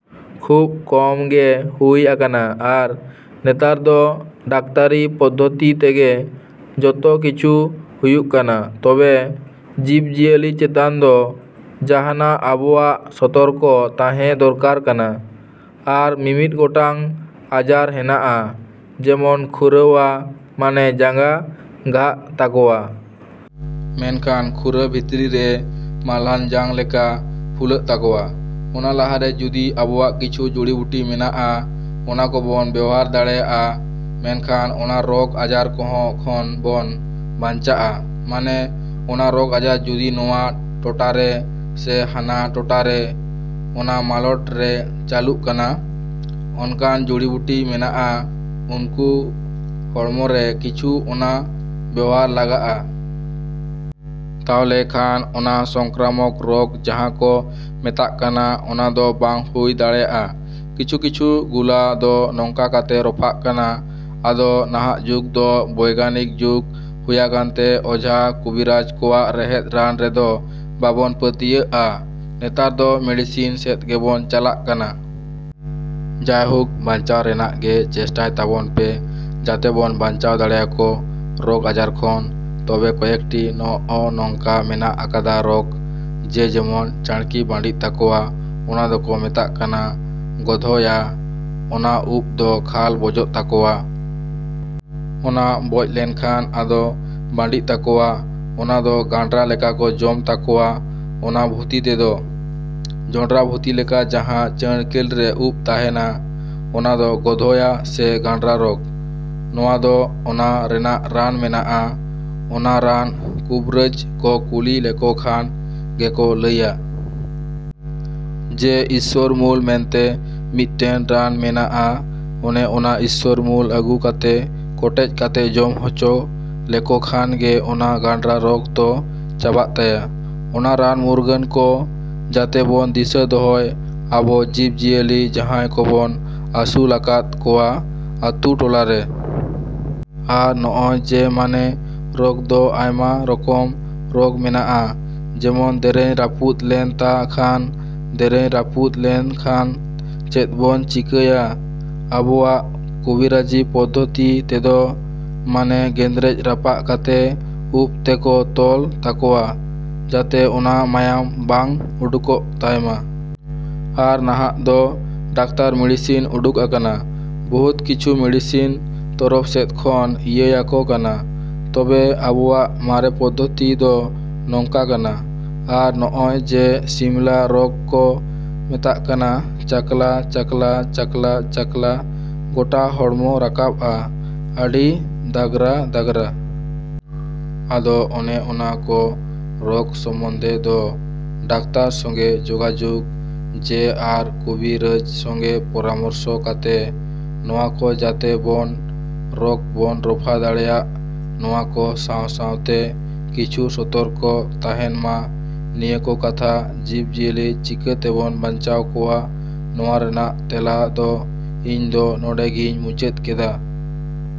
ᱠᱷᱩᱵ ᱠᱚᱢ ᱜᱮ ᱦᱩᱭ ᱟᱠᱟᱱᱟ᱾ ᱟᱨ ᱱᱮᱛᱟᱨ ᱫᱚ ᱰᱟᱠᱛᱟᱨᱤ ᱯᱚᱫᱽᱫᱷᱚᱛᱤ ᱛᱮᱜᱮ ᱡᱚᱛᱚ ᱠᱤᱪᱷᱩ ᱦᱩᱭᱩᱜ ᱠᱟᱱᱟ ᱛᱚᱵᱮ ᱡᱤᱵᱽᱼᱤᱭᱟᱹᱞᱤ ᱪᱮᱛᱟᱱ ᱫᱚ ᱡᱟᱦᱟᱱᱟᱜ ᱟᱵᱚᱣᱟᱜ ᱥᱚᱛᱚᱨᱠᱚ ᱛᱟᱦᱮᱸ ᱫᱚᱨᱠᱟᱨ ᱠᱟᱱᱟ, ᱟᱨ ᱢᱤᱢᱤᱫ ᱜᱚᱴᱟᱝ ᱟᱡᱟᱨ ᱦᱮᱱᱟᱜᱼᱟ᱾ ᱡᱮᱢᱚᱱ ᱠᱷᱩᱨᱟᱹᱭᱟ ᱢᱟᱱᱮ ᱡᱟᱸᱜᱟ ᱜᱷᱟᱜ ᱛᱟᱠᱚᱣᱟ᱾ ᱢᱮᱱᱠᱷᱟᱱ ᱠᱷᱩᱨᱟᱹ ᱵᱷᱤᱛᱨᱤ ᱨᱮ ᱢᱟᱞᱦᱟᱱ ᱡᱟᱝ ᱞᱮᱠᱟ ᱯᱷᱩᱞᱟᱹᱜ ᱛᱟᱠᱚᱣᱟ᱾ ᱚᱱᱟ ᱞᱟᱦᱟ ᱨᱮ ᱡᱩᱫᱤ ᱟᱵᱚᱣᱟᱜ ᱠᱤᱪᱷᱩ ᱡᱩᱲᱤ ᱵᱩᱴᱤ ᱢᱮᱱᱟᱜᱼᱟ ᱚᱱᱟ ᱠᱚᱵᱚᱱ ᱵᱮᱣᱦᱟᱨ ᱫᱟᱲᱮᱭᱟᱜᱼᱟ ᱢᱮᱱᱠᱷᱟᱱ ᱚᱱᱟ ᱨᱳᱜᱽ ᱟᱡᱟᱨ ᱠᱚᱦᱚᱸ ᱠᱷᱚᱱ ᱵᱚᱱ ᱵᱟᱧᱪᱟᱜᱼᱟ᱾ ᱢᱟᱱᱮ ᱚᱱᱟ ᱨᱳᱜᱽ ᱟᱡᱟᱨ ᱡᱩᱫᱤ ᱱᱚᱣᱟ ᱴᱚᱴᱟ ᱨᱮ ᱥᱮ ᱦᱟᱱᱟ ᱴᱚᱴᱟ ᱨᱮ ᱚᱱᱟ ᱢᱟᱞᱚᱴ ᱨᱮ ᱪᱟᱹᱞᱩᱜ ᱠᱟᱱᱟ ᱚᱱᱠᱟᱱ ᱡᱩᱲᱤᱵᱩᱴᱤ ᱢᱮᱱᱟᱜᱼᱟ ᱩᱱᱠᱩ ᱦᱚᱲᱢᱚ ᱨᱮ ᱠᱤᱪᱷᱩ ᱚᱱᱟ ᱵᱮᱣᱦᱟᱨ ᱞᱟᱜᱟᱜᱼᱟ᱾ ᱛᱟᱦᱚᱞᱮ ᱠᱷᱟᱱ ᱚᱱᱟ ᱥᱚᱝᱠᱨᱟᱢᱚᱠ ᱨᱳᱜᱽ ᱡᱟᱦᱟᱸ ᱠᱚ ᱢᱮᱛᱟᱜ ᱠᱟᱱᱟ, ᱚᱱᱟ ᱫᱚ ᱵᱟᱝ ᱦᱩᱭ ᱫᱟᱲᱮᱭᱟᱜᱼᱟ᱾ ᱠᱤᱪᱷᱩ ᱠᱤᱪᱷᱩ ᱜᱩᱞᱟ ᱫᱚ ᱱᱚᱝᱠᱟ ᱠᱟᱛᱮ ᱨᱚᱯᱷᱟᱜ ᱠᱟᱱᱟ᱾ ᱟᱫᱚ ᱱᱟᱦᱟᱜ ᱡᱩᱜᱽ ᱫᱚ ᱵᱳᱭᱜᱟᱱᱤᱠ ᱡᱩᱜᱽ ᱦᱩᱭᱟᱠᱟᱱᱛᱮ ᱚᱡᱷᱟ ᱠᱚᱵᱤᱨᱟᱡ ᱠᱚᱣᱟᱜ ᱨᱮᱦᱮᱫ ᱨᱟᱱ ᱨᱮᱫᱚ ᱵᱟᱵᱚᱱ ᱯᱟᱹᱛᱭᱟᱹᱜᱼᱟ, ᱱᱮᱛᱟᱨ ᱫᱚ ᱢᱤᱰᱤᱥᱤᱱ ᱥᱮᱫ ᱜᱮᱵᱚᱱ ᱪᱟᱞᱟᱜ ᱠᱟᱱᱟ᱾ ᱡᱟᱭᱦᱳᱠ ᱵᱟᱧᱪᱟᱣ ᱨᱮᱱᱟᱜ ᱜᱮ ᱪᱮᱥᱴᱟᱭ ᱛᱟᱵᱚᱱ ᱯᱮ, ᱡᱟᱛᱮ ᱵᱚᱱ ᱵᱟᱧᱪᱟᱣ ᱫᱟᱲᱮᱭᱟᱠᱚ ᱨᱳᱜᱽ ᱟᱡᱟᱨ ᱠᱷᱚᱱ᱾ ᱛᱚᱵᱮ ᱠᱚᱭᱮᱠᱴᱤ ᱱᱚᱜᱼᱚ ᱱᱚᱝᱠᱟ ᱢᱮᱱᱟᱜ ᱟᱠᱟᱫᱟ ᱨᱳᱜᱽ᱾ ᱡᱮ ᱡᱮᱢᱚᱱ ᱪᱟᱺᱲᱠᱤ ᱵᱟᱺᱰᱤᱜ ᱛᱟᱠᱚᱣᱟ᱾ ᱚᱱᱟ ᱫᱚᱠᱚ ᱢᱮᱛᱟᱜ ᱠᱟᱱᱟ ᱜᱳᱫᱷᱳᱭᱟ᱾ ᱚᱱᱟ ᱩᱯ ᱫᱚ ᱠᱷᱟᱞ ᱵᱚᱡᱚᱜ ᱛᱟᱠᱚᱣᱟ᱾ ᱚᱱᱟ ᱵᱚᱡ ᱞᱮᱱ ᱠᱷᱟᱱ ᱟᱫᱚ ᱵᱟᱺᱰᱤᱜ ᱛᱟᱠᱚᱣᱟ᱾ ᱚᱱᱟ ᱫᱚ ᱜᱟᱸᱰᱨᱟ ᱞᱮᱠᱟ ᱠᱚ ᱡᱚᱢ ᱛᱟᱠᱚᱣᱟ ᱚᱱᱟ ᱵᱷᱩᱛᱤ ᱛᱮᱫ᱾ ᱡᱚᱸᱰᱨᱟ ᱵᱷᱩᱛᱤ ᱞᱮᱠᱟ ᱡᱟᱦᱟᱸ ᱪᱟᱺᱲᱠᱤᱞ ᱨᱮ ᱩᱯ ᱛᱟᱦᱮᱱᱟ, ᱚᱱᱟ ᱫᱚ ᱜᱳᱫᱷᱳᱭᱟ ᱥᱮ ᱜᱟᱸᱰᱨᱟ ᱨᱳᱜᱽ᱾ ᱱᱚᱣᱟ ᱫᱚ ᱚᱱᱟ ᱨᱮᱱᱟᱜ ᱨᱟᱱ ᱢᱮᱱᱟᱜᱼᱟ, ᱚᱱᱟ ᱨᱟᱱ ᱠᱩᱵᱨᱟᱹᱡ ᱠᱚ ᱠᱩᱞᱤ ᱞᱮᱠᱚ ᱠᱷᱟᱱ ᱜᱮᱠᱚ ᱞᱟᱹᱭᱟ᱾ ᱡᱮ ᱤᱥᱥᱚᱨᱢᱩᱞ ᱢᱮᱱᱛᱮ ᱢᱤᱫᱴᱮᱱ ᱨᱟᱱ ᱢᱮᱱᱟᱜᱼᱟ ᱚᱱᱮ ᱚᱱᱟ ᱤᱥᱥᱚᱨ ᱢᱩᱞ ᱟᱹᱜᱩ ᱠᱟᱛᱮ ᱠᱚᱴᱮᱡ ᱠᱟᱛᱮ ᱡᱚᱢ ᱦᱚᱪᱚ ᱞᱮᱠᱚ ᱠᱷᱟᱱ ᱜᱮ ᱚᱱᱟ ᱜᱟᱸᱰᱨᱟ ᱨᱳᱜᱽ ᱫᱚ ᱪᱟᱵᱟᱜ ᱛᱟᱭᱟ᱾ ᱚᱱᱟ ᱨᱟᱱ ᱢᱩᱨᱜᱟᱹᱱ ᱠᱚ ᱡᱟᱛᱮ ᱵᱚᱱ ᱫᱤᱥᱟᱹ ᱫᱚᱦᱚᱭ ᱟᱵᱚ ᱡᱤᱵᱽᱼᱡᱤᱭᱟᱹᱞᱤ ᱡᱟᱦᱟᱸᱭ ᱠᱚᱵᱚᱱ ᱟᱹᱥᱩᱞᱟᱠᱟᱫ ᱠᱚᱣᱟ ᱟᱹᱛᱩ, ᱴᱚᱞᱟ ᱨᱮ᱾ ᱟᱨ ᱱᱚᱜᱼᱚᱭ ᱡᱮ ᱢᱟᱱᱮ ᱨᱳᱜᱽ ᱫᱚ ᱟᱭᱢᱟ ᱨᱚᱠᱚᱢ ᱨᱳᱜᱽ ᱢᱮᱱᱟᱜᱼᱟ᱾ ᱡᱮᱢᱚᱱ ᱫᱮᱨᱮᱧ ᱨᱟᱹᱯᱩᱫ ᱞᱮᱱ ᱛᱟ ᱠᱷᱟᱱ, ᱫᱮᱨᱮᱧ ᱨᱟᱹᱯᱩᱫ ᱞᱮᱱ ᱠᱷᱟᱱ ᱪᱮᱫ ᱵᱚᱱ ᱪᱤᱠᱟᱹᱭᱟ? ᱟᱵᱚᱣᱟᱜ ᱠᱚᱵᱤᱨᱟᱹᱡᱤ ᱯᱚᱫᱽᱫᱷᱚᱛᱤ ᱛᱮᱫᱚ ᱢᱟᱱᱮ ᱜᱮᱸᱫᱽᱨᱮᱡ ᱨᱟᱯᱟᱜ ᱠᱟᱛᱮ ᱩᱯ ᱛᱮᱠᱚ ᱛᱚᱞ ᱛᱟᱠᱚᱣᱟ ᱡᱟᱛᱮ ᱚᱱᱟ ᱢᱟᱭᱟᱢ ᱵᱟᱝ ᱩᱰᱩᱠᱚᱜ ᱛᱟᱭ ᱢᱟ᱾ ᱟᱨ ᱱᱟᱦᱟᱜ ᱫᱚ ᱰᱟᱠᱛᱟᱨ ᱢᱤᱰᱤᱥᱤᱱ ᱩᱰᱩᱠ ᱟᱠᱟᱱᱟ, ᱵᱚᱦᱩᱛ ᱠᱤᱪᱷᱩ ᱢᱤᱰᱤᱥᱤᱱ ᱛᱚᱨᱚᱯ ᱥᱮᱫ ᱠᱷᱚᱱ ᱤᱭᱟᱹᱣᱟᱠᱚ ᱠᱟᱱᱟ᱾ ᱛᱚᱵᱮ ᱟᱵᱚᱣᱟᱜ ᱢᱟᱨᱮ ᱯᱚᱫᱽᱫᱷᱚᱛᱤ ᱫᱚ ᱱᱚᱝᱠᱟ ᱠᱟᱱᱟ᱾ ᱟᱨ ᱱᱚᱜᱼᱚᱭ ᱡᱮ ᱥᱤᱢᱞᱟ ᱨᱳᱜᱽ ᱠᱚ ᱢᱮᱛᱟᱜ ᱠᱟᱱᱟ, ᱪᱟᱠᱞᱟ, ᱪᱟᱠᱞᱟ, ᱪᱟᱠᱞᱟ, ᱪᱟᱠᱞᱟ ᱜᱚᱴᱟ ᱦᱚᱲᱢᱚ ᱨᱟᱠᱟᱵᱼᱟ ᱟᱹᱰᱤ ᱫᱟᱜᱽᱨᱟ ᱫᱟᱜᱽᱨᱟ᱾ ᱟᱫᱚ ᱚᱱᱮ ᱚᱱᱟ ᱠᱚ ᱨᱳᱜᱽ ᱥᱚᱢᱵᱚᱱᱫᱷᱮ ᱫᱚ ᱰᱟᱠᱛᱟᱨ ᱥᱚᱸᱜᱮ ᱡᱳᱜᱟᱡᱳᱜᱽ ᱢᱮ ᱟᱨ ᱠᱚᱵᱤᱨᱟᱹᱡ ᱥᱚᱸᱜᱮ ᱯᱚᱨᱟᱢᱚᱨᱥᱚ ᱠᱟᱛᱮ ᱱᱚᱣᱟ ᱠᱚ ᱡᱟᱛᱮ ᱵᱚᱱ ᱨᱳᱜᱽ ᱵᱚᱱ ᱨᱚᱯᱷᱟ ᱫᱟᱲᱮᱭᱟᱜ ᱱᱚᱣᱟ ᱠᱚ ᱥᱟᱶ ᱥᱟᱶᱛᱮ ᱠᱤᱪᱷᱩ ᱥᱚᱛᱚᱨᱠᱚ ᱛᱟᱦᱮᱱᱢᱟ, ᱱᱤᱭᱟᱹ ᱠᱚ ᱠᱟᱛᱷᱟ ᱡᱤᱵᱽᱼᱡᱤᱭᱟᱹᱞᱤ ᱪᱤᱠᱟᱹᱛᱮᱵᱚᱱ ᱵᱟᱧᱪᱟᱣ ᱠᱚᱣᱟ ᱱᱚᱣᱟ ᱨᱮᱱᱟᱜ ᱛᱮᱞᱟ ᱫᱚ ᱤᱧ ᱫᱚ ᱱᱚᱰᱮ ᱜᱤᱧ ᱢᱩᱪᱟᱹᱫ ᱠᱮᱫᱟ᱾।